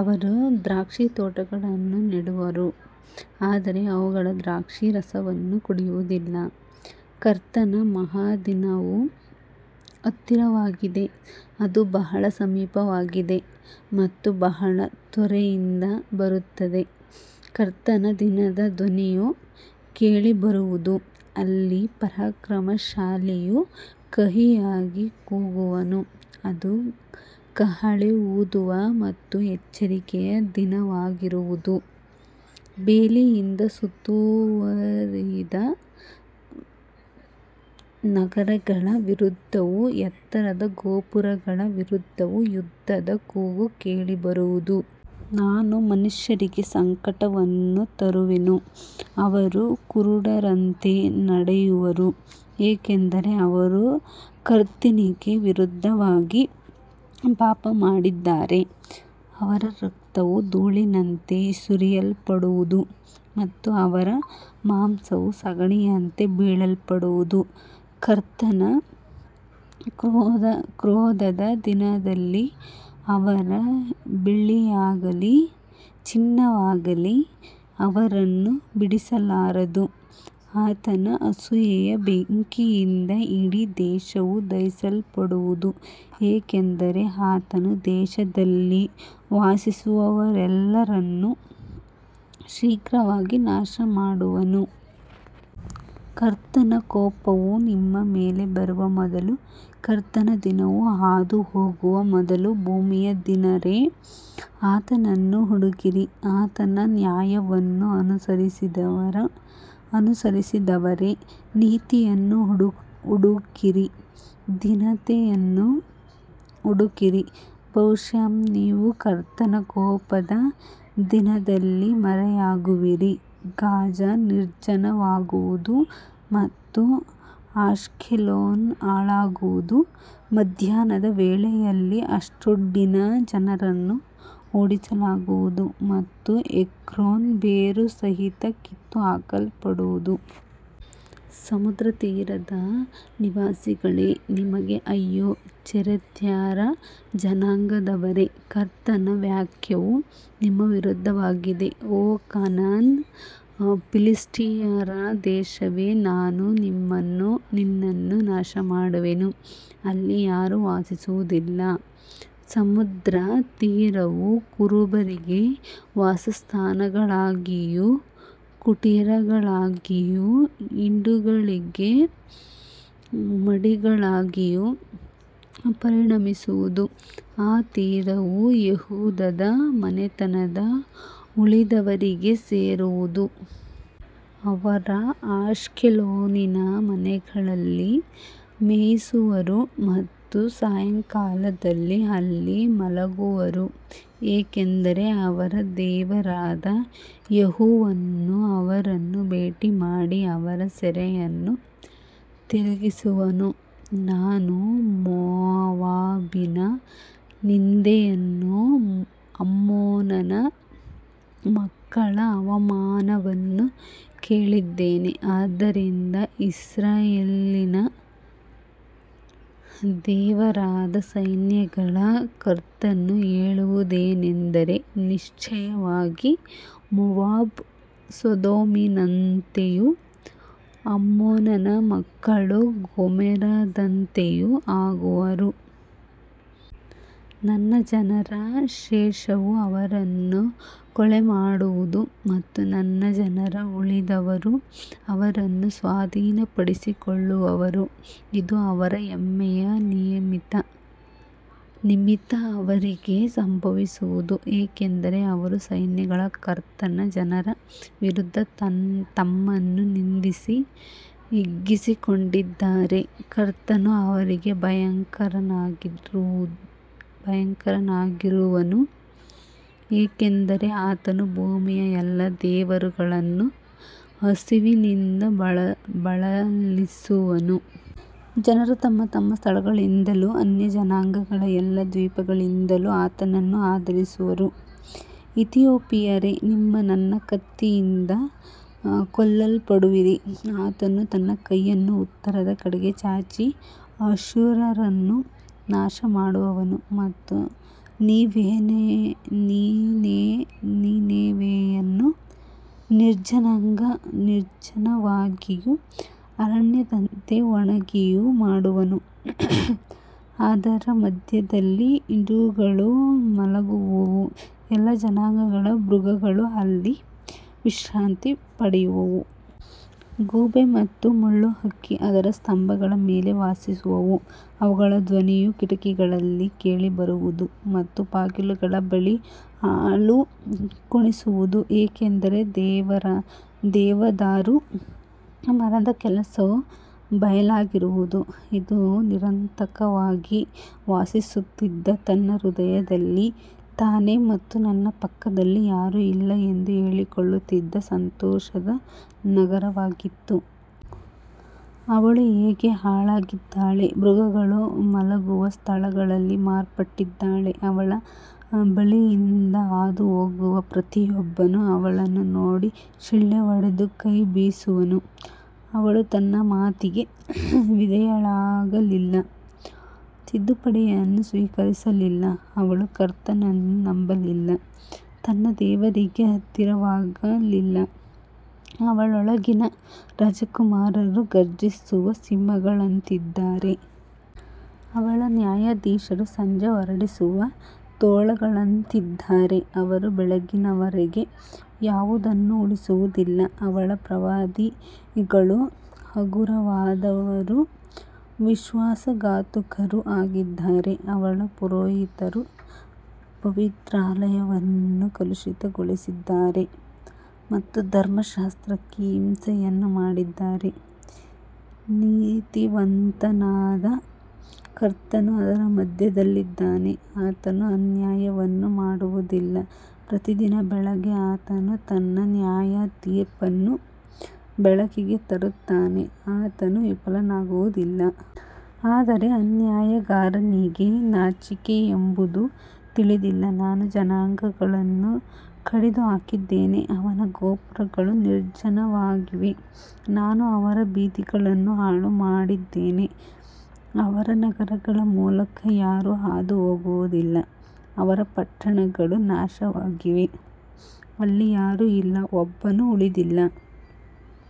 ಅವರು ದ್ರಾಕ್ಷಿತೋಟಗಳನ್ನು ನೆಡುವರು, ಆದರೆ ಅವುಗಳ ದ್ರಾಕ್ಷಾರಸವನ್ನು ಕುಡಿಯುವುದಿಲ್ಲ. ಕರ್ತನ ಮಹಾದಿನವು ಹತ್ತಿರವಾಗಿದೆ, ಅದು ಬಹಳ ಸಮೀಪವಾಗಿದೆ ಮತ್ತು ಬಹಳ ತ್ವರೆಯಿಂದ ಬರುತ್ತದೆ. ಕರ್ತನ ದಿನದ ಧ್ವನಿಯು ಕೇಳಿಬರುವುದು, ಅಲ್ಲಿ ಪರಾಕ್ರಮಶಾಲಿಯು ಕಹಿಯಾಗಿ ಕೂಗುವನು. ಅದು ಕಹಳೆ ಊದುವ ಮತ್ತು ಎಚ್ಚರಿಕೆಯ ದಿನವಾಗಿರುವುದು, ಬೇಲಿಯಿಂದ ಸುತ್ತುವರಿದ ನಗರಗಳ ವಿರುದ್ಧವೂ ಎತ್ತರದ ಗೋಪುರಗಳ ವಿರುದ್ಧವೂ ಯುದ್ಧದ ಕೂಗು ಕೇಳಿಬರುವುದು. ನಾನು ಮನುಷ್ಯರಿಗೆ ಸಂಕಟವನ್ನು ತರುವೆನು, ಅವರು ಕುರುಡರಂತೆ ನಡೆಯುವರು, ಏಕೆಂದರೆ ಅವರು ಕರ್ತನಿಗೆ ವಿರುದ್ಧವಾಗಿ ಪಾಪಮಾಡಿದ್ದಾರೆ. ಅವರ ರಕ್ತವು ಧೂಳಿನಂತೆ ಸುರಿಯಲ್ಪಡುವುದು ಮತ್ತು ಅವರ ಮಾಂಸವು ಸಗಣಿಯಂತೆ ಬಿಸಾಡಲ್ಪಡುವುದು. ಕರ್ತನ ಕ್ರೋಧದ ದಿನದಲ್ಲಿ ಅವರ ಬೆಳ್ಳಿಯಾಗಲಿ ಚಿನ್ನವಾಗಲಿ ಅವರನ್ನು ಬಿಡಿಸಲಾರದು. ಆತನ ಅಸೂಯೆಯ ಬೆಂಕಿಯಿಂದ ಇಡೀ ದೇಶವು ದಹಿಸಲ್ಪಡುವುದು, ಏಕೆಂದರೆ ಆತನು ದೇಶದಲ್ಲಿ ವಾಸಿಸುವವರೆಲ್ಲರನ್ನು ಶೀಘ್ರವಾಗಿ ನಾಶಮಾಡುವನು. ಕರ್ತನ ಕೋಪವು ನಿಮ್ಮ ಮೇಲೆ ಬರುವ ಮೊದಲು, ಕರ್ತನ ದಿನವು ಹಾದುಹೋಗುವ ಮೊದಲು, ಭೂಮಿಯ ದೀನರೇ, ಆತನನ್ನು ಹುಡುಕಿರಿ. ಆತನ ನ್ಯಾಯವನ್ನು ಅನುಸರಿಸಿದವರೇ, ನೀತಿಯನ್ನು ಹುಡುಕಿರಿ, ದೀನತೆಯನ್ನು ಹುಡುಕಿರಿ. ಬಹುಶಃ ನೀವು ಕರ್ತನ ಕೋಪದ ದಿನದಲ್ಲಿ ಮರೆಯಾಗುವಿರಿ. ಗಾಜಾ ನಿರ್ಜನವಾಗುವುದು ಮತ್ತು ಅಶ್ಕೆಲೋನ್ ಹಾಳಾಗುವುದು. ಮಧ್ಯಾಹ್ನದ ವೇಳೆಯಲ್ಲಿ ಅಷ್ಡೋಡಿನ ಜನರನ್ನು ಓಡಿಸಲಾಗುವುದು ಮತ್ತು ಎಕ್ರೋನ್ ಬೇರುಸಹಿತ ಕಿತ್ತುಹಾಕಲ್ಪಡುವುದು. ಸಮುದ್ರ ತೀರದ ನಿವಾಸಿಗಳೇ, ನಿಮಗೆ ಅಯ್ಯೋ. ಚೆರೆತ್ಯರ ಜನಾಂಗದವರೇ, ಕರ್ತನ ವಾಕ್ಯವು ನಿಮ್ಮ ವಿರುದ್ಧವಾಗಿದೆ. ಓ ಕಾನಾನ್, ಫಿಲಿಷ್ಟಿಯರ ದೇಶವೇ, ನಾನು ನಿನ್ನನ್ನು ನಾಶಮಾಡುವೆನು, ಅಲ್ಲಿ ಯಾರೂ ವಾಸಿಸುವುದಿಲ್ಲ. ಸಮುದ್ರ ತೀರವು ಕುರುಬರಿಗೆ ವಾಸಸ್ಥಾನಗಳಾಗಿಯೂ ಕುಟೀರಗಳಾಗಿಯೂ ಹಿಂಡುಗಳಿಗೆ ಮಡಿಗಳಾಗಿಯೂ ಪರಿಣಮಿಸುವುದು. ಆ ತೀರವು ಯೆಹೂದದ ಮನೆತನದ ಉಳಿದವರಿಗೆ ಸೇರಿರುವುದು. ಅವರು ಅಶ್ಕೆಲೋನಿನ ಮನೆಗಳಲ್ಲಿ ಮೇಯಿಸುವರು ಮತ್ತು ಸಾಯಂಕಾಲದಲ್ಲಿ ಅಲ್ಲಿ ಮಲಗುವರು, ಏಕೆಂದರೆ ಅವರ ದೇವರಾದ ಯೆಹೋವನು ಅವರನ್ನು ಭೇಟಿಮಾಡಿ ಅವರ ಸೆರೆಯನ್ನು ತಿರುಗಿಸುವನು. ನಾನು ಮೋವಾಬಿನ ನಿಂದೆಯನ್ನೂ ಅಮ್ಮೋನನ ಮಕ್ಕಳ ಅವಮಾನವನ್ನೂ ಕೇಳಿದ್ದೇನೆ. ಆದ್ದರಿಂದ ಇಸ್ರಾಯೇಲಿನ ದೇವರಾದ ಸೈನ್ಯಗಳ ಕರ್ತನು ಹೇಳುವುದೇನೆಂದರೆ, ನಿಶ್ಚಯವಾಗಿ ಮೋವಾಬ್ ಸೊದೋಮಿನಂತೆಯೂ ಅಮ್ಮೋನನ ಮಕ್ಕಳು ಗೊಮೋರದಂತೆಯೂ ಆಗುವರು. ನನ್ನ ಜನರ ಶೇಷವು ಅವರನ್ನು ಕೊಳ್ಳೆಮಾಡುವುದು ಮತ್ತು ನನ್ನ ಜನರ ಉಳಿದವರು ಅವರನ್ನು ಸ್ವಾಧೀನಪಡಿಸಿಕೊಳ್ಳುವರು. ಇದು ಅವರ ಹೆಮ್ಮೆಯ ನಿಮಿತ್ತ ಅವರಿಗೆ ಸಂಭವಿಸುವುದು, ಏಕೆಂದರೆ ಅವರು ಸೈನ್ಯಗಳ ಕರ್ತನ ಜನರ ವಿರುದ್ಧ ತಮ್ಮನ್ನು ನಿಂದಿಸಿ ಹಿಗ್ಗಿಸಿಕೊಂಡಿದ್ದಾರೆ. ಕರ್ತನು ಅವರಿಗೆ ಭಯಂಕರನಾಗಿರುವನು, ಏಕೆಂದರೆ ಆತನು ಭೂಮಿಯ ಎಲ್ಲಾ ದೇವರುಗಳನ್ನು ಹಸಿವಿನಿಂದ ಬಳಲಿಸುವನು. ಜನರು ತಮ್ಮ ತಮ್ಮ ಸ್ಥಳಗಳಿಂದಲೂ ಅನ್ಯಜನಾಂಗಗಳ ಎಲ್ಲಾ ದ್ವೀಪಗಳಿಂದಲೂ ಆತನನ್ನು ಆರಾಧಿಸುವರು. ಇಥಿಯೋಪಿಯರೇ, ನೀವು ನನ್ನ ಕತ್ತಿಯಿಂದ ಕೊಲ್ಲಲ್ಪಡುವಿರಿ. ಆತನು ತನ್ನ ಕೈಯನ್ನು ಉತ್ತರದ ಕಡೆಗೆ ಚಾಚಿ ಅಶ್ಶೂರವನ್ನು ನಾಶಮಾಡುವನು ಮತ್ತು ನಿನೆವೆಯನ್ನು ನಿರ್ಜನವಾಗಿಯೂ ಅರಣ್ಯದಂತೆ ಒಣಗಿಯೂ ಮಾಡುವನು. ಅದರ ಮಧ್ಯದಲ್ಲಿ ಹಿಂಡುಗಳು ಮಲಗುವವು, ಎಲ್ಲಾ ಜನಾಂಗಗಳ ಮೃಗಗಳು ಅಲ್ಲಿ ವಿಶ್ರಾಂತಿ ಪಡೆಯುವವು. ಗೂಬೆ ಮತ್ತು ಮುಳ್ಳುಹಕ್ಕಿ ಅದರ ಸ್ತಂಭಗಳ ಮೇಲೆ ವಾಸಿಸುವವು. ಅವುಗಳ ಧ್ವನಿಯು ಕಿಟಕಿಗಳಲ್ಲಿ ಕೇಳಿಬರುವುದು ಮತ್ತು ಬಾಗಿಲುಗಳ ಬಳಿ ಹಾಳು ಕಾಣಿಸುವುದು, ಏಕೆಂದರೆ ದೇವದಾರು ಮರದ ಕೆಲಸವು ಬಯಲಾಗಿರುವುದು. ಇದು ನಿರಾತಂಕವಾಗಿ ವಾಸಿಸುತ್ತಿದ್ದ, ತನ್ನ ಹೃದಯದಲ್ಲಿ, ನಾನೇ ಮತ್ತು ನನ್ನ ಪಕ್ಕದಲ್ಲಿ ಯಾರೂ ಇಲ್ಲ ಎಂದು ಹೇಳಿಕೊಳ್ಳುತ್ತಿದ್ದ ಸಂತೋಷದ ನಗರವಾಗಿತ್ತು. ಅವಳು ಹೇಗೆ ಹಾಳಾಗಿದ್ದಾಳೆ, ಮೃಗಗಳು ಮಲಗುವ ಸ್ಥಳವಾಗಿ ಮಾರ್ಪಟ್ಟಿದ್ದಾಳೆ. ಅವಳ ಬಳಿಯಿಂದ ಹಾದುಹೋಗುವ ಪ್ರತಿಯೊಬ್ಬನೂ ಅವಳನ್ನು ನೋಡಿ ಶಿಳ್ಳೆ ಹೊಡೆದು ಕೈ ಬೀಸುವನು. ಅವಳು ತನ್ನ ಮಾತಿಗೆ ವಿಧೇಯಳಾಗಲಿಲ್ಲ, ತಿದ್ದುಪಡಿಯನ್ನು ಸ್ವೀಕರಿಸಲಿಲ್ಲ. ಅವಳು ಕರ್ತನನ್ನು ನಂಬಲಿಲ್ಲ, ತನ್ನ ದೇವರಿಗೆ ಹತ್ತಿರವಾಗಲಿಲ್ಲ. ಅವಳೊಳಗಿನ ರಾಜಕುಮಾರರು ಘರ್ಜಿಸುವ ಸಿಂಹಗಳಂತಿದ್ದಾರೆ. ಅವಳ ನ್ಯಾಯಾಧೀಶರು ಸಂಜೆ ಹೊರಡುವ ತೋಳಗಳಂತಿದ್ದಾರೆ, ಅವರು ಬೆಳಗ್ಗಿನವರೆಗೆ ಯಾವುದನ್ನೂ ಉಳಿಸುವುದಿಲ್ಲ. ಅವಳ ಪ್ರವಾದಿಗಳು ಹಗುರವಾದವರೂ ವಿಶ್ವಾಸಘಾತುಕರೂ ಆಗಿದ್ದಾರೆ. ಅವಳ ಪುರೋಹಿತರು ಪವಿತ್ರಾಲಯವನ್ನು ಕಲುಷಿತಗೊಳಿಸಿದ್ದಾರೆ ಮತ್ತು ಧರ್ಮಶಾಸ್ತ್ರಕ್ಕೆ ಹಿಂಸೆಯನ್ನು ಮಾಡಿದ್ದಾರೆ. ನೀತಿವಂತನಾದ ಕರ್ತನು ಅದರ ಮಧ್ಯದಲ್ಲಿದ್ದಾನೆ, ಆತನು ಅನ್ಯಾಯವನ್ನು ಮಾಡುವುದಿಲ್ಲ. ಪ್ರತಿದಿನ ಬೆಳಿಗ್ಗೆ ಆತನು ತನ್ನ ನ್ಯಾಯತೀರ್ಪನ್ನು ಬೆಳಕಿಗೆ ತರುತ್ತಾನೆ, ಆತನು ವಿಫಲನಾಗುವುದಿಲ್ಲ. ಆದರೆ ಅನ್ಯಾಯಗಾರನಿಗೆ ನಾಚಿಕೆಯೆಂಬುದು ತಿಳಿದಿಲ್ಲ. ನಾನು ಜನಾಂಗಗಳನ್ನು ಕಡಿದುಹಾಕಿದ್ದೇನೆ, ಅವರ ಗೋಪುರಗಳು ನಿರ್ಜನವಾಗಿವೆ. ನಾನು ಅವರ ಬೀದಿಗಳನ್ನು ಹಾಳುಮಾಡಿದ್ದೇನೆ, ಅವರ ನಗರಗಳ ಮೂಲಕ ಯಾರೂ ಹಾದುಹೋಗುವುದಿಲ್ಲ. ಅವರ ಪಟ್ಟಣಗಳು ನಾಶವಾಗಿವೆ, ಅಲ್ಲಿ ಯಾರೂ ಇಲ್ಲ, ಒಬ್ಬನೂ ಉಳಿದಿಲ್ಲ.